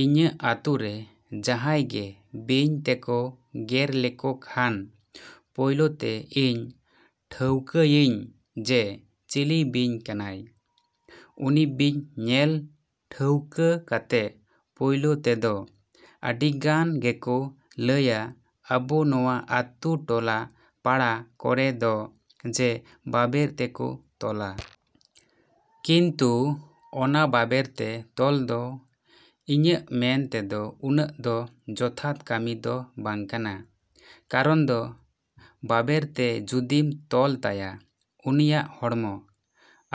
ᱤᱧᱟᱹᱜ ᱟᱹᱛᱩᱨᱮ ᱡᱟᱦᱟᱸᱭ ᱜᱮ ᱵᱤᱧ ᱛᱮᱠᱚ ᱜᱮᱨ ᱞᱮᱠᱚ ᱠᱷᱟᱱ ᱯᱳᱭᱞᱳ ᱛᱮ ᱤᱧ ᱴᱷᱟᱹᱣᱠᱟᱹᱭᱮᱭᱟᱹᱧ ᱡᱮ ᱪᱤᱞᱤ ᱵᱤᱧ ᱠᱟᱱᱟᱭ᱾ ᱩᱱᱤ ᱵᱤᱧ ᱧᱮᱞ ᱴᱷᱟᱹᱣᱠᱟᱹ ᱠᱟᱛᱮᱫ ᱯᱳᱭᱞᱳ ᱛᱮᱫᱚ ᱟᱹᱰᱤᱜᱟᱱ ᱜᱮᱠᱚ ᱞᱟᱹᱭᱟ ᱟᱵᱚ ᱱᱚᱣᱟ ᱟᱹᱛᱩ ᱴᱚᱞᱟ ᱯᱟᱲᱟ ᱠᱚᱨᱮᱫ ᱫᱚ ᱡᱮ ᱵᱟᱵᱮᱨ ᱛᱮᱠᱚ ᱛᱚᱞᱟ᱾ ᱠᱤᱱᱛᱩ ᱚᱱᱟ ᱵᱟᱵᱮᱨ ᱛᱮ ᱛᱚᱞ ᱫᱚ ᱤᱧᱟᱜ ᱢᱮᱱ ᱛᱮᱫᱚ ᱩᱱᱟᱹᱜ ᱫᱚ ᱡᱚᱛᱷᱟᱛ ᱠᱟᱹᱢᱤ ᱫᱚ ᱵᱟᱝ ᱠᱟᱱᱟ᱾ ᱠᱟᱨᱚᱱ ᱫᱚ ᱵᱟᱵᱮᱨ ᱛᱮ ᱡᱩᱫᱤᱢ ᱛᱚᱞ ᱛᱟᱭᱟ ᱩᱱᱤᱭᱟᱜ ᱦᱚᱲᱢᱚ,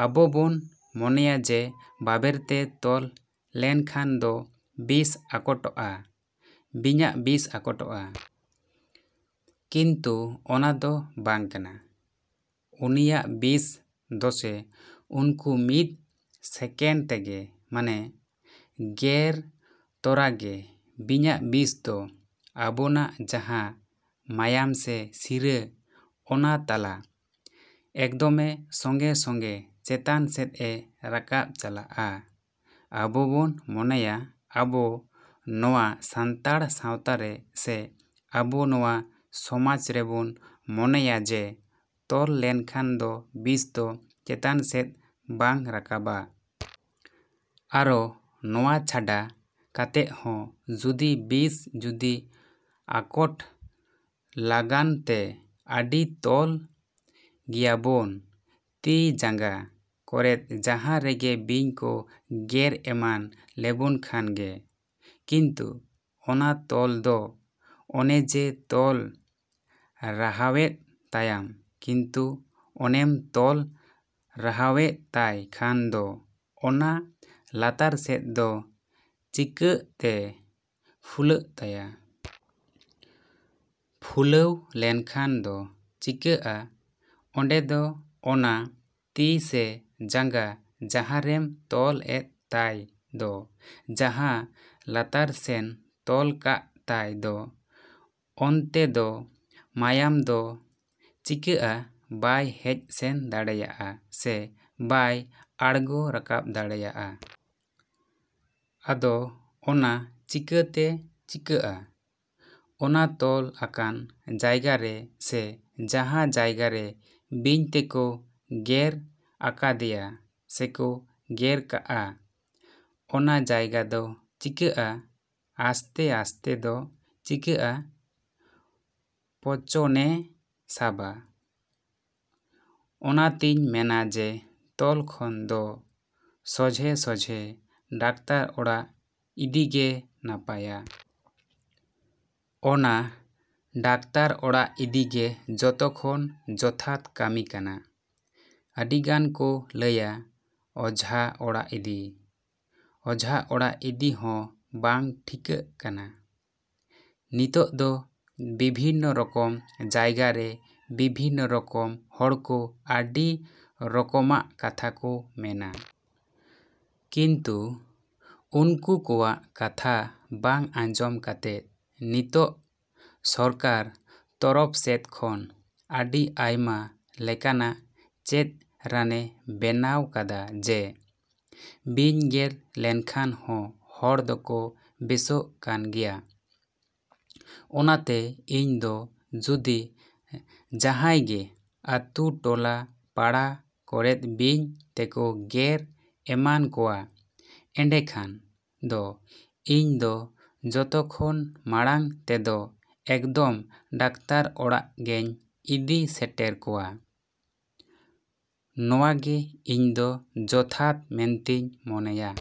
ᱟᱵᱚ ᱵᱚᱱ ᱢᱚᱱᱮᱭᱟ ᱡᱮ ᱵᱟᱵᱮᱨ ᱛᱮ ᱛᱚᱞ ᱞᱮᱱᱠᱷᱟᱱ ᱫᱚ ᱵᱤᱥ ᱟᱠᱚᱴᱚᱜᱼᱟ, ᱵᱤᱧᱟᱜ ᱵᱤᱥ ᱟᱠᱚᱴᱚᱜᱼᱟ᱾ ᱠᱤᱱᱛᱩ ᱚᱱᱟ ᱫᱚ ᱵᱟᱝ ᱠᱟᱱᱟ᱾ ᱩᱱᱤᱭᱟᱜ ᱵᱤᱥ ᱫᱚᱥᱮ ᱩᱱᱠᱩ ᱢᱤᱫ ᱥᱮᱠᱮᱱᱰ ᱛᱮᱜᱮ ᱢᱟᱱᱮ ᱜᱮᱨ ᱛᱚᱨᱟᱜᱮ ᱵᱤᱧᱟᱜ ᱵᱤᱥ ᱫᱚ ᱟᱵᱚᱱᱟᱜ ᱡᱟᱦᱟᱸ ᱢᱟᱭᱟᱢ ᱥᱮ ᱥᱤᱨᱟᱹ ᱚᱱᱟ ᱛᱟᱞᱟ ᱮᱠᱫᱚᱢᱮ ᱥᱚᱸᱜᱮᱼᱥᱚᱸᱜᱮ ᱪᱮᱛᱟᱱ ᱥᱮᱫᱼᱮ ᱨᱟᱠᱟᱵ ᱪᱟᱞᱟᱜᱼᱟ᱾ ᱟᱵᱚ ᱵᱚᱱ ᱢᱚᱱᱮᱭᱟ ᱟᱵᱚ ᱱᱚᱣᱟ ᱥᱟᱱᱛᱟᱲ ᱥᱟᱶᱛᱟ ᱨᱮ ᱥᱮ ᱟᱵᱚ ᱱᱚᱣᱟ ᱥᱚᱢᱟᱡᱽ ᱨᱮᱵᱚᱱ ᱢᱚᱱᱮᱭᱟ ᱡᱮ ᱛᱚᱞ ᱞᱮᱱᱠᱷᱟᱱ ᱫᱚ ᱵᱤᱥ ᱫᱚ ᱪᱮᱛᱟᱱ ᱥᱮᱫ ᱵᱟᱝ ᱨᱟᱠᱟᱵᱟ᱾ ᱟᱨᱚ ᱱᱚᱣᱟ ᱪᱷᱟᱰᱟ ᱠᱟᱛᱮᱫ ᱦᱚᱸ ᱡᱩᱫᱤ ᱵᱤᱥ ᱡᱩᱫᱤ ᱟᱠᱚᱴ ᱞᱟᱜᱟᱱ ᱛᱮ ᱟᱹᱰᱤ ᱛᱚᱞ ᱜᱮᱭᱟᱵᱚᱱ ᱛᱤ ᱡᱟᱸᱜᱟ ᱠᱚᱨᱮᱫ ᱡᱟᱦᱟᱸ ᱨᱮᱜᱮ ᱵᱤᱧ ᱠᱚ ᱜᱮᱨ ᱮᱢᱟᱱ ᱞᱮᱵᱚᱱ ᱠᱷᱟᱱ ᱜᱮ᱾ ᱠᱤᱱᱛᱩ ᱚᱱᱟ ᱛᱚᱞ ᱫᱚ ᱚᱱᱮ ᱡᱮ ᱛᱚᱞ ᱨᱟᱦᱟᱣᱮᱫ ᱛᱟᱭᱟᱢ ᱠᱤᱱᱛᱩ ᱚᱱᱮᱢ ᱛᱚᱞ ᱨᱟᱦᱟᱣᱮᱫ ᱛᱟᱭ ᱠᱷᱟᱱ ᱫᱚ ᱚᱱᱟ ᱞᱟᱛᱟᱨ ᱥᱮᱫ ᱫᱚ ᱪᱤᱠᱟᱹᱜ ᱛᱮ ᱯᱷᱩᱞᱟᱹᱜ ᱛᱟᱭᱟ? ᱯᱷᱩᱞᱟᱹᱣ ᱞᱮᱱᱠᱷᱟᱱ ᱫᱚ ᱪᱤᱠᱟᱹᱜᱼᱟ ᱚᱸᱰᱮ ᱫᱚ ᱚᱱᱟ ᱛᱤ ᱥᱮ ᱡᱟᱸᱜᱟ ᱡᱟᱦᱟᱸ ᱨᱮᱢ ᱛᱚᱞ ᱮᱫ ᱛᱟᱭ ᱫᱚ ᱡᱟᱦᱟᱸ ᱞᱟᱛᱟᱨ ᱥᱮᱱ ᱛᱚᱞ ᱠᱟᱜ ᱛᱟᱭ ᱫᱚ ᱚᱱᱛᱮ ᱫᱚ ᱢᱟᱭᱟᱢ ᱫᱚ ᱪᱤᱠᱟᱹᱜᱼᱟ ᱵᱟᱭ ᱦᱮᱡ ᱥᱮᱱ ᱫᱟᱲᱮᱜᱼᱟ ᱥᱮ ᱵᱟᱭ ᱟᱲᱜᱚ ᱨᱟᱠᱟᱵ ᱫᱟᱲᱮᱜᱼᱟ᱾ ᱟᱫᱚ ᱚᱱᱟ ᱪᱤᱠᱟᱹᱛᱮ ᱪᱤᱠᱟᱹᱜᱼᱟ ᱚᱱᱟ ᱛᱚᱞ ᱟᱠᱟᱱ ᱡᱟᱭᱜᱟ ᱨᱮ ᱥᱮ ᱡᱟᱦᱟᱸ ᱡᱟᱭᱜᱟ ᱨᱮ ᱵᱤᱧ ᱛᱮᱠᱚ ᱜᱮᱨ ᱟᱠᱟᱫᱮᱭᱟ ᱥᱮᱠᱚ ᱜᱮᱨ ᱠᱟᱜᱼᱟ᱾ ᱚᱱᱟ ᱡᱟᱭᱜᱟ ᱫᱚ ᱪᱤᱠᱟᱹᱜᱼᱟ ᱟᱥᱛᱮ ᱟᱥᱛᱮ ᱫᱚ ᱪᱤᱠᱟᱹᱜᱼᱟ ᱯᱚᱪᱚᱱᱮ ᱥᱟᱵᱟ᱾ ᱚᱱᱟᱛᱤᱧ ᱢᱮᱱᱟ ᱡᱮ ᱛᱚᱞ ᱠᱷᱚᱱ ᱫᱚ ᱥᱚᱡᱷᱮᱼᱥᱚᱡᱷᱮ ᱰᱟᱠᱛᱟᱨ ᱚᱲᱟᱜ ᱤᱫᱤᱜᱮ ᱱᱟᱯᱟᱭᱟ᱾ ᱚᱱᱟ ᱰᱟᱠᱛᱟᱨ ᱚᱲᱟᱜ ᱤᱫᱤᱜᱮ ᱡᱷᱚᱛᱚ ᱠᱷᱚᱱ ᱡᱚᱛᱷᱟᱛ ᱠᱟᱹᱢᱤ ᱠᱟᱱᱟ᱾ ᱟᱹᱰᱤᱜᱟᱱ ᱠᱚ ᱞᱟᱹᱭᱟ ᱚᱡᱷᱟ ᱚᱲᱟᱜ ᱤᱫᱤ᱾ ᱚᱡᱷᱟ ᱚᱲᱟᱜ ᱤᱫᱤ ᱦᱚᱸ ᱵᱟᱝ ᱴᱷᱤᱠᱟᱹᱜ ᱠᱟᱱᱟ᱾ ᱱᱤᱛᱚᱜ ᱫᱚ ᱵᱤᱵᱷᱤᱱᱱᱚ ᱨᱚᱠᱚᱢ ᱡᱟᱭᱜᱟᱨᱮ ᱵᱤᱵᱷᱤᱱᱱᱚ ᱨᱚᱠᱚᱢ ᱦᱚᱲᱠᱚ ᱟᱹᱰᱤ ᱨᱚᱠᱚᱢᱟᱜ ᱠᱟᱛᱷᱟ ᱠᱚ ᱢᱮᱱᱟ᱾ ᱠᱤᱱᱛᱩ ᱩᱱᱠᱩ ᱠᱚᱣᱟᱜ ᱠᱟᱛᱷᱟ ᱵᱟᱝ ᱟᱸᱡᱚᱢ ᱠᱟᱛᱮᱫ ᱱᱤᱛᱚᱜ ᱥᱚᱨᱠᱟᱨ ᱛᱚᱨᱚᱯᱷ ᱥᱮᱫ ᱠᱷᱚᱱ ᱟᱹᱰᱤ ᱟᱭᱢᱟ ᱞᱮᱠᱟᱱᱟᱜ ᱪᱮᱫ ᱨᱟᱱᱮ ᱵᱮᱱᱟᱣ ᱠᱟᱫᱟ ᱡᱮ ᱵᱤᱧ ᱜᱮᱨ ᱞᱮᱱᱠᱷᱟᱱ ᱦᱚᱸ ᱦᱚᱲ ᱫᱚᱠᱚ ᱵᱮᱥᱚᱜ ᱠᱟᱱ ᱜᱮᱭᱟ᱾ ᱚᱱᱟᱛᱮ ᱤᱧ ᱫᱚ ᱡᱩᱫᱤ ᱡᱟᱦᱟᱸᱭᱜᱮ ᱟᱹᱛᱩ ᱴᱚᱞᱟ ᱯᱟᱲᱟ ᱠᱚᱨᱮᱫ ᱵᱤᱧ ᱛᱮᱠᱚ ᱜᱮᱨ ᱮᱢᱟᱱ ᱠᱚᱣᱟ ᱮᱸᱰᱮᱠᱷᱟᱱ ᱫᱚ ᱤᱧ ᱫᱚ ᱡᱷᱚᱛᱚ ᱠᱷᱚᱱ ᱢᱟᱲᱟᱝ ᱛᱮᱫᱚ ᱮᱠᱫᱚᱢ ᱰᱟᱠᱛᱟᱨ ᱚᱲᱟᱜ ᱜᱮᱧ ᱤᱫᱤ ᱥᱮᱴᱮᱨ ᱠᱚᱣᱟ᱾ ᱱᱚᱣᱟᱜᱮ ᱤᱧ ᱫᱚ ᱡᱚᱛᱷᱟᱛ ᱢᱮᱱᱛᱤᱧ ᱢᱚᱱᱮᱭᱟ᱾।